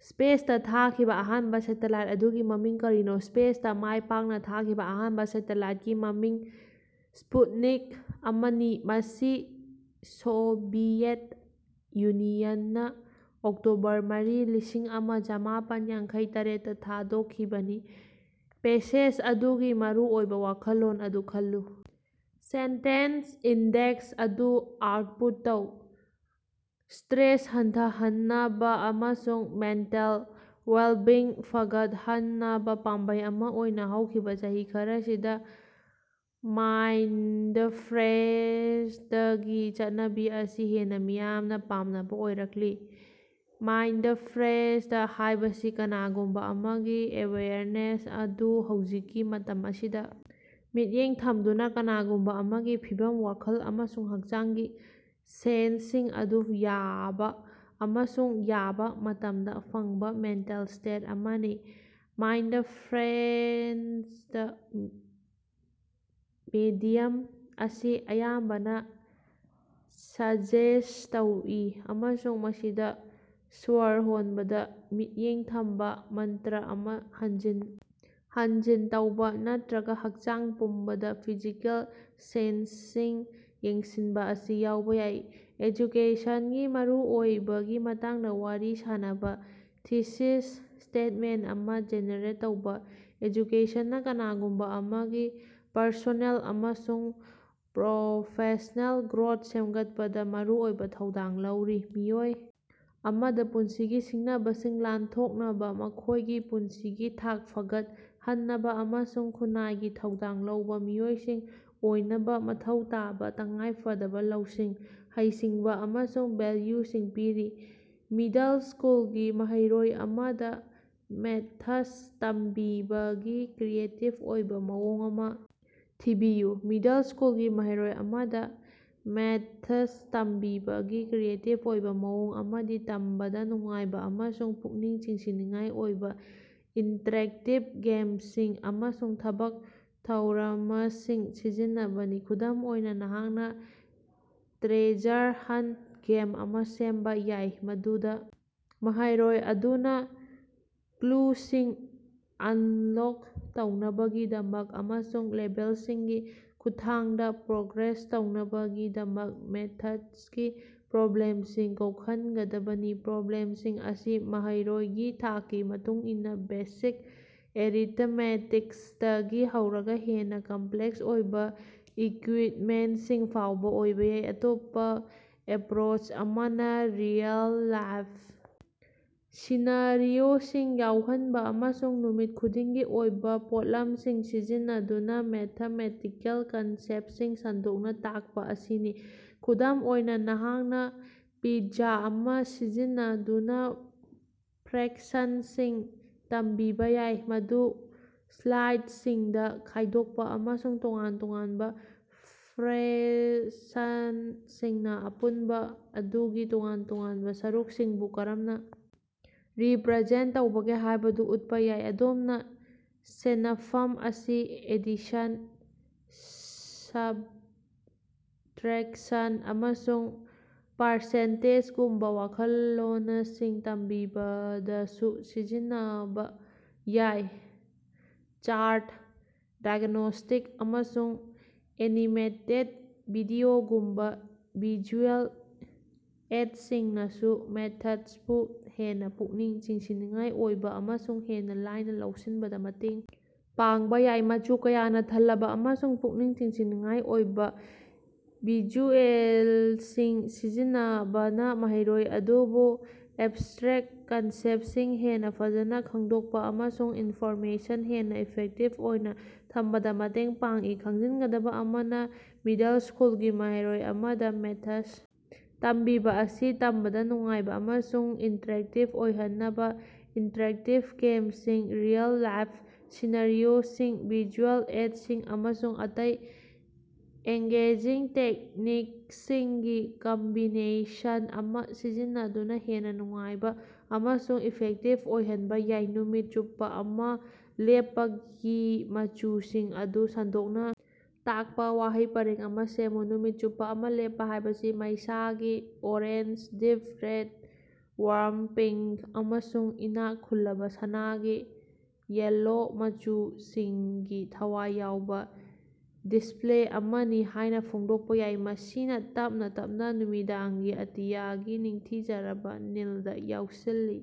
ꯁ꯭ꯄꯦꯁꯇ ꯊꯥꯈꯤꯕ ꯑꯍꯥꯟꯕ ꯁꯦꯇꯂꯥꯏꯠ ꯑꯗꯨꯒꯤ ꯃꯃꯤꯡ ꯀꯔꯤꯅꯣ? ꯁ꯭ꯄꯦꯁꯇꯥ ꯃꯥꯏ ꯄꯥꯛꯅ ꯊꯥꯈꯤꯕꯥ ꯑꯍꯥꯟꯕ ꯁꯦꯇꯦꯂꯥꯏꯠꯀꯤ ꯃꯃꯤꯡ ꯁ꯭ꯄꯨꯠꯅꯤꯛ ꯑꯃꯅꯤ, ꯃꯁꯤ ꯁꯣꯚꯤꯌꯦꯠ ꯌꯨꯅꯤꯌꯟꯅ ꯑꯣꯛꯇꯣꯕꯔ ꯃꯔꯤ, ꯂꯤꯁꯤꯡ ꯑꯃ ꯆꯃꯥꯄꯥꯜ ꯌꯥꯡꯈꯩ ꯇꯔꯦꯠꯇ ꯊꯥꯗꯣꯛꯈꯤꯕꯅꯤ꯫ ꯄꯦꯁꯦꯖ ꯑꯗꯨꯒꯤ ꯃꯔꯨꯑꯣꯏꯕ ꯋꯥꯈꯜꯂꯣꯟ ꯑꯗꯨ ꯈꯜꯂꯨ, ꯁꯦꯟꯇꯦꯟꯁ ꯏꯟꯗꯦꯛꯁ ꯑꯗꯨ ꯑꯥꯎꯠꯄꯨꯠ ꯇꯧ꯫ ꯁ꯭ꯇꯔꯦꯁ ꯍꯟꯊꯍꯟꯅꯕ ꯑꯃꯁꯨꯡ ꯃꯦꯟꯇꯦꯜ ꯋꯦꯜꯕꯤꯡ ꯐꯒꯠꯍꯟꯅꯕ ꯄꯥꯝꯕꯩ ꯑꯃ ꯑꯣꯏꯅ ꯍꯧꯈꯤꯕ ꯆꯍꯤ ꯈꯔꯁꯤꯗ ꯃꯥꯏꯟꯗꯐ꯭ꯔꯦꯟꯗꯒꯤ ꯆꯠꯅꯕꯤ ꯑꯁꯤ ꯍꯦꯟꯅ ꯃꯤꯌꯥꯃꯅ ꯄꯥꯝꯅꯕ ꯑꯣꯏꯔꯛꯂꯤ꯫ ꯃꯥꯏꯟꯗꯐ꯭ꯔꯦꯟꯗ ꯍꯥꯏꯕꯁꯤ ꯀꯅꯥꯒꯨꯝꯕ ꯑꯃꯒꯤ ꯑꯦꯋꯦꯌꯔꯅꯦꯁ ꯑꯗꯨ ꯍꯧꯖꯤꯛꯀꯤ ꯃꯇꯝ ꯑꯁꯤꯗ ꯃꯤꯠꯌꯦꯡ ꯊꯝꯗꯨꯅ, ꯀꯅꯥꯒꯨꯝꯕ ꯑꯃꯒꯤ ꯐꯤꯚꯝ, ꯋꯥꯈꯜ ꯑꯃꯁꯨꯡ ꯍꯛꯆꯥꯡꯒꯤ ꯁꯦꯟꯁꯁꯤꯡ ꯑꯗꯨ ꯌꯥꯕ ꯑꯃꯁꯨꯡ ꯌꯥꯕ ꯃꯇꯝꯗ ꯐꯪꯕ ꯃꯦꯟꯇꯦꯜ ꯁ꯭ꯇꯦꯠ ꯑꯃꯅꯤ꯫ ꯃꯥꯏꯟꯗꯐ꯭ꯔꯦꯟꯗ ꯃꯦꯗꯤꯌꯝ ꯑꯁꯤ ꯑꯌꯥꯝꯕꯅ ꯁꯖ꯭ꯦꯁꯠ ꯇꯧꯏ ꯑꯃꯁꯨꯡ ꯃꯁꯤꯗ ꯁ꯭ꯋꯔ ꯍꯣꯟꯕꯗ ꯃꯤꯠꯌꯦꯡ ꯊꯝꯕ, ꯃꯟꯇꯔꯥ ꯑꯃ ꯍꯟꯖꯤꯟ ꯍꯟꯖꯤꯟ ꯇꯧꯕ ꯅꯠꯇꯔꯒ ꯍꯛꯆꯥꯡ ꯄꯨꯝꯕꯗ ꯐꯤꯖꯤꯀꯦꯜ ꯁꯦꯟꯁꯁꯤꯡ ꯌꯦꯡꯁꯤꯟꯕ ꯑꯁꯤ ꯌꯥꯎꯕ ꯌꯥꯏ꯫ ꯑꯦꯖꯨꯀꯦꯁꯟꯒꯤ ꯃꯔꯨꯑꯣꯏꯕꯒꯤ ꯃꯇꯥꯡꯗ ꯋꯥꯔꯤ ꯁꯥꯅꯕ ꯊꯤꯁꯤꯁ ꯁ꯭ꯇꯦꯠꯃꯦꯟꯠ ꯑꯃ ꯖꯦꯅꯦꯔꯦꯠ ꯇꯧꯕ꯫ "ꯑꯦꯖꯨꯀꯦꯁꯟꯅ ꯀꯅꯥꯒꯨꯝꯕ ꯑꯃꯒꯤ ꯄꯔꯁꯣꯅꯦꯜ ꯑꯃꯁꯨꯡ ꯄ꯭ꯔꯣꯐꯦꯁꯅꯦꯜ ꯒ꯭ꯔꯣꯊ ꯁꯦꯝꯒꯠꯄꯗ ꯃꯔꯨꯑꯣꯏꯕ ꯊꯧꯗꯥꯡ ꯂꯧꯔꯤ, ꯃꯤꯑꯣꯏ ꯑꯃꯗ ꯄꯨꯟꯁꯤꯒꯤ ꯁꯤꯡꯅꯕꯁꯤꯡ ꯂꯥꯟꯊꯣꯛꯅꯕ, ꯃꯈꯣꯏꯒꯤ ꯄꯨꯟꯁꯤꯒꯤ ꯊꯥꯛ ꯐꯒꯠꯍꯟꯅꯕ ꯑꯃꯁꯨꯡ ꯈꯨꯟꯅꯥꯏꯒꯤ ꯊꯧꯗꯥꯡ ꯂꯧꯕ ꯃꯤꯑꯣꯏꯁꯤꯡ ꯑꯣꯏꯅꯕ ꯃꯊꯧ ꯇꯥꯕ ꯇꯉꯥꯏ ꯐꯗꯕ ꯂꯧꯁꯤꯡ, ꯍꯩꯁꯤꯡꯕ ꯑꯃꯁꯨꯡ ꯚꯦꯜꯌꯨꯁꯤꯡ ꯄꯤꯔꯤ꯫" ꯃꯤꯗꯜ ꯁ꯭ꯀꯨꯜꯒꯤ ꯃꯍꯩꯔꯣꯏ ꯑꯃꯗ ꯃꯦꯊꯁ ꯇꯝꯕꯤꯕꯒꯤ ꯀ꯭ꯔꯤꯌꯦꯇꯤꯕ ꯑꯣꯏꯕ ꯃꯑꯣꯡ ꯑꯃ ꯊꯤꯕꯤꯌꯨ꯫ ꯃꯤꯗꯜ ꯁ꯭ꯀꯨꯜꯒꯤ ꯃꯍꯩꯔꯣꯏ ꯑꯃꯗ ꯃꯦꯊꯁ ꯇꯝꯕꯤꯕꯒꯤ ꯀ꯭ꯔꯤꯌꯦꯇꯤꯕ ꯑꯣꯏꯕ ꯃꯑꯣꯡ ꯑꯃꯗꯤ ꯇꯝꯕꯗ ꯅꯨꯡꯉꯥꯏꯕ ꯑꯃꯁꯨꯡ ꯄꯨꯛꯅꯤꯡ ꯆꯤꯡꯁꯤꯟꯅꯤꯡꯉꯥꯏ ꯑꯣꯏꯕ ꯏꯟꯇꯔꯦꯛꯇꯤꯕ ꯒꯦꯝꯁꯤꯡ ꯑꯃꯁꯨꯡ ꯊꯕꯛ ꯊꯧꯔꯃꯁꯤꯡ ꯁꯤꯖꯤꯟꯅꯕꯅꯤ꯫ ꯈꯨꯗꯝ ꯑꯣꯏꯅ, ꯅꯍꯥꯛꯅ ꯇ꯭ꯔꯦꯖꯔ ꯍꯟꯠ ꯒꯦꯝ ꯑꯃ ꯁꯦꯝꯕ ꯌꯥꯏ, ꯃꯗꯨꯗ ꯃꯍꯩꯔꯣꯏ ꯑꯗꯨꯅ ꯀ꯭ꯂꯨꯁꯤꯡ ꯑꯟꯂꯣꯛ ꯇꯧꯅꯕꯒꯤꯗꯃꯛ ꯑꯃꯁꯨꯡ ꯂꯦꯚꯦꯜꯁꯤꯡꯒꯤ ꯈꯨꯠꯊꯥꯡꯗ ꯄ꯭ꯔꯣꯒ꯭ꯔꯦꯁ ꯇꯧꯅꯕꯒꯤꯗꯃꯛ ꯃ꯭ꯦꯊꯁꯀꯤ ꯄ꯭ꯔꯣꯕ꯭ꯂꯦꯝꯁꯤꯡ ꯀꯣꯛꯍꯟꯒꯗꯕꯅꯤ꯫ ꯄ꯭ꯔꯣꯕ꯭ꯂꯦꯝꯁꯤꯡ ꯑꯁꯤ ꯃꯍꯩꯔꯣꯏꯒꯤ ꯊꯥꯛꯀꯤ ꯃꯇꯨꯡ ꯏꯟꯅ ꯕꯦꯁꯤꯛ ꯑꯦꯔꯤꯊꯃꯦꯇꯤꯛꯇꯒꯤ ꯍꯧꯔꯒ ꯍꯦꯟꯅ ꯀꯝꯄꯂꯦꯛꯁ ꯑꯣꯏꯕ ꯏꯀ꯭ꯌꯨꯏꯞꯃꯦꯟꯠꯁꯤꯡ ꯐꯥꯎꯕ ꯑꯣꯏꯕ ꯌꯥꯏ꯫ ꯑꯇꯣꯞꯄ ꯑꯦꯄ꯭ꯔꯣꯆ ꯑꯃꯅ ꯔꯤꯑꯦꯜ-ꯂꯥꯏꯐ ꯁꯤꯅꯥꯔꯤꯑꯣꯁꯤꯡ ꯌꯥꯎꯍꯟꯕ ꯑꯃꯁꯨꯡ ꯅꯨꯃꯤꯠ ꯈꯨꯗꯤꯡꯒꯤ ꯑꯣꯏꯕ ꯄꯣꯠꯂꯝꯁꯤꯡ ꯁꯤꯖꯤꯟꯅꯗꯨꯅ ꯃ꯭ꯦꯊꯃꯦꯇꯤꯀꯦꯜ ꯀꯟꯁꯦꯞꯁꯤꯡ ꯁꯟꯗꯣꯛꯅꯥ ꯇꯥꯛꯄ ꯑꯁꯤꯅꯤ꯫ ꯈꯨꯗꯝ ꯑꯣꯏꯅ, ꯅꯍꯥꯛꯅ ꯄꯤꯖ꯭ꯖꯥ ꯑꯃ ꯁꯤꯖꯤꯟꯅꯗꯨꯅ ꯐ꯭ꯔꯦꯛꯁꯟꯁꯤꯡ ꯇꯝꯕꯤꯕ ꯌꯥꯏ, ꯃꯗꯨ ꯁ꯭ꯂꯥꯏꯁꯁꯤꯡꯗ ꯈꯥꯏꯗꯣꯛꯄ ꯑꯃꯁꯨꯡ ꯇꯣꯉꯥꯟ-ꯇꯣꯉꯥꯟꯕ ꯐ꯭ꯔꯦꯛꯁꯟꯁꯤꯡꯅ ꯑꯄꯨꯟꯕ ꯑꯗꯨꯒꯤ ꯇꯣꯉꯥꯟ-ꯇꯣꯉꯥꯟꯕ ꯁꯔꯨꯛꯁꯤꯡꯕꯨ ꯀꯔꯝꯅ ꯔꯤꯄ꯭ꯔꯖꯦꯟꯠ ꯇꯧꯕꯒꯦ ꯍꯥꯏꯕꯗꯨ ꯎꯠꯄ ꯌꯥꯏ꯫ ꯑꯗꯣꯝꯅ ꯁꯦꯅꯐꯝ ꯑꯁꯤ ꯑꯦꯗꯤꯁꯟ, ꯁꯕꯠꯔꯦꯛꯁꯟ, ꯑꯃꯁꯨꯡ ꯄꯥꯔꯁꯦꯟꯇꯦꯖꯒꯨꯝꯕ ꯋꯥꯈꯜꯂꯣꯅꯁꯤꯡ ꯇꯝꯕꯤꯕꯗꯁꯨ ꯁꯤꯖꯤꯟꯅꯕ ꯌꯥꯏ꯫ ꯆꯥ꯭ꯔꯠ, ꯗꯥꯏꯒꯅꯣꯁ꯭ꯇꯤꯛ, ꯑꯃꯁꯨꯡ ꯑꯦꯅꯤꯃꯦꯇꯦꯗ ꯚꯤꯗꯤꯑꯣꯒꯨꯝꯕ ꯚꯤꯖꯨꯑꯦꯜ ꯑꯦꯗꯁꯤꯡꯅꯁꯨ ꯃ꯭ꯦꯊꯁꯄꯨ ꯍꯦꯟꯅ ꯄꯨꯛꯅꯤꯡ ꯆꯤꯡꯁꯤꯟꯅꯤꯡꯉꯥꯏ ꯑꯣꯏꯕ ꯑꯃꯁꯨꯡ ꯍꯦꯟꯅ ꯂꯥꯏꯅ ꯂꯧꯁꯤꯟꯕꯗ ꯃꯇꯦꯡ ꯄꯥꯡꯕ ꯌꯥꯏ꯫ ꯃꯆꯨ ꯀꯌꯥꯅ ꯊꯜꯂꯕ ꯑꯃꯁꯨꯡ ꯄꯨꯛꯅꯤꯡ ꯆꯤꯡꯁꯤꯟꯅꯤꯡꯉꯥꯏ ꯑꯣꯏꯕ ꯚꯤꯖꯨꯑꯦꯂꯁꯤꯡ ꯁꯤꯖꯤꯟꯅꯕꯅ ꯃꯍꯩꯔꯣꯏ ꯑꯗꯨꯕꯨ ꯑꯦꯕꯁ꯭ꯇꯔꯦꯛ ꯀꯟꯁꯦꯞꯁꯤꯡ ꯍꯦꯟꯅ ꯐꯖꯅ ꯈꯪꯗꯣꯛꯄꯥ ꯑꯃꯁꯨꯡ ꯏꯟꯐꯣꯔꯃꯦꯁꯟ ꯍꯦꯟꯅ ꯏꯐꯦꯛꯇꯤꯚ ꯑꯣꯏꯅ ꯊꯝꯕꯗꯥ ꯃꯇꯦꯡ ꯄꯥꯡꯏ꯫ ꯈꯪꯖꯤꯟꯒꯗꯕ ꯑꯃꯅ, ꯃꯤꯗꯜ ꯁ꯭ꯀꯨꯜꯒꯤ ꯃꯍꯩꯔꯣꯏ ꯑꯃꯗ ꯃ꯭ꯦꯊꯁ ꯇꯝꯕꯤꯕꯥ ꯑꯁꯤ ꯇꯝꯕꯗ ꯅꯨꯡꯉꯥꯏꯕ ꯑꯃꯁꯨꯡ ꯏꯟꯇꯔꯦꯛꯇꯤꯕ ꯑꯣꯏꯍꯟꯅꯕ ꯏꯟꯇꯔꯦꯛꯇꯤꯕ ꯒꯦꯝꯁꯤꯡ, ꯔꯤꯑꯦꯜ-ꯂꯥꯏꯐ ꯁꯤꯅꯥꯔꯤꯑꯣꯁꯤꯡ, ꯚꯤꯖꯨꯑꯦꯜ ꯑꯦꯗꯁꯤꯡ, ꯑꯃꯁꯨꯡ ꯑꯇꯩ ꯑꯦꯡꯒꯦꯖꯤꯡ ꯇꯦꯛꯅꯤꯀꯁꯤꯡꯒꯤ ꯀꯝꯕꯤꯅꯦꯁꯟ ꯑꯃ ꯁꯤꯖꯤꯟꯅꯗꯨꯅ ꯍꯦꯟꯅ ꯅꯨꯡꯉꯥꯏꯕ ꯑꯃꯁꯨꯡ ꯏꯐꯦꯛꯇꯤꯚ ꯑꯣꯏꯍꯟꯕ ꯌꯥꯏ꯫ ꯅꯨꯃꯤꯠ ꯆꯨꯞꯄ ꯑꯃꯥ ꯂꯦꯞꯄꯒꯤ ꯃꯆꯨꯁꯤꯡ ꯑꯗꯨ ꯁꯟꯗꯣꯛꯅ ꯇꯥꯛꯄ ꯋꯥꯍꯩ ꯄꯔꯦꯡ ꯑꯃ ꯁꯦꯝꯃꯨ꯫ ꯅꯨꯃꯤꯠ ꯆꯨꯞꯄ ꯑꯃꯥ ꯂꯦꯞꯄ ꯍꯥꯏꯕꯁꯤ ꯃꯩꯁꯥꯒꯤ orange, deep red, warm pink, ꯑꯃꯁꯨꯡ ꯏꯅꯥꯛ ꯈꯨꯜꯂꯕ ꯁꯅꯥꯒꯤ ꯌꯦꯜꯂꯣ ꯃꯆꯨꯁꯤꯡꯒꯤ ꯊꯋꯥꯏ ꯌꯥꯎꯕ ꯗꯤꯁꯄ꯭ꯂꯦ ꯑꯃꯅꯤ ꯍꯥꯏꯅ ꯐꯣꯡꯗꯣꯛꯄ ꯌꯥꯏ, ꯃꯁꯤꯅ ꯇꯞꯅ ꯇꯞꯅ ꯅꯨꯃꯤꯗꯥꯡꯒꯤ ꯑꯇꯤꯌꯥꯒꯤ ꯅꯤꯡꯊꯤꯖꯔꯕ ꯅꯤꯜꯗ ꯌꯥꯎꯁꯤꯜꯂꯤ꯫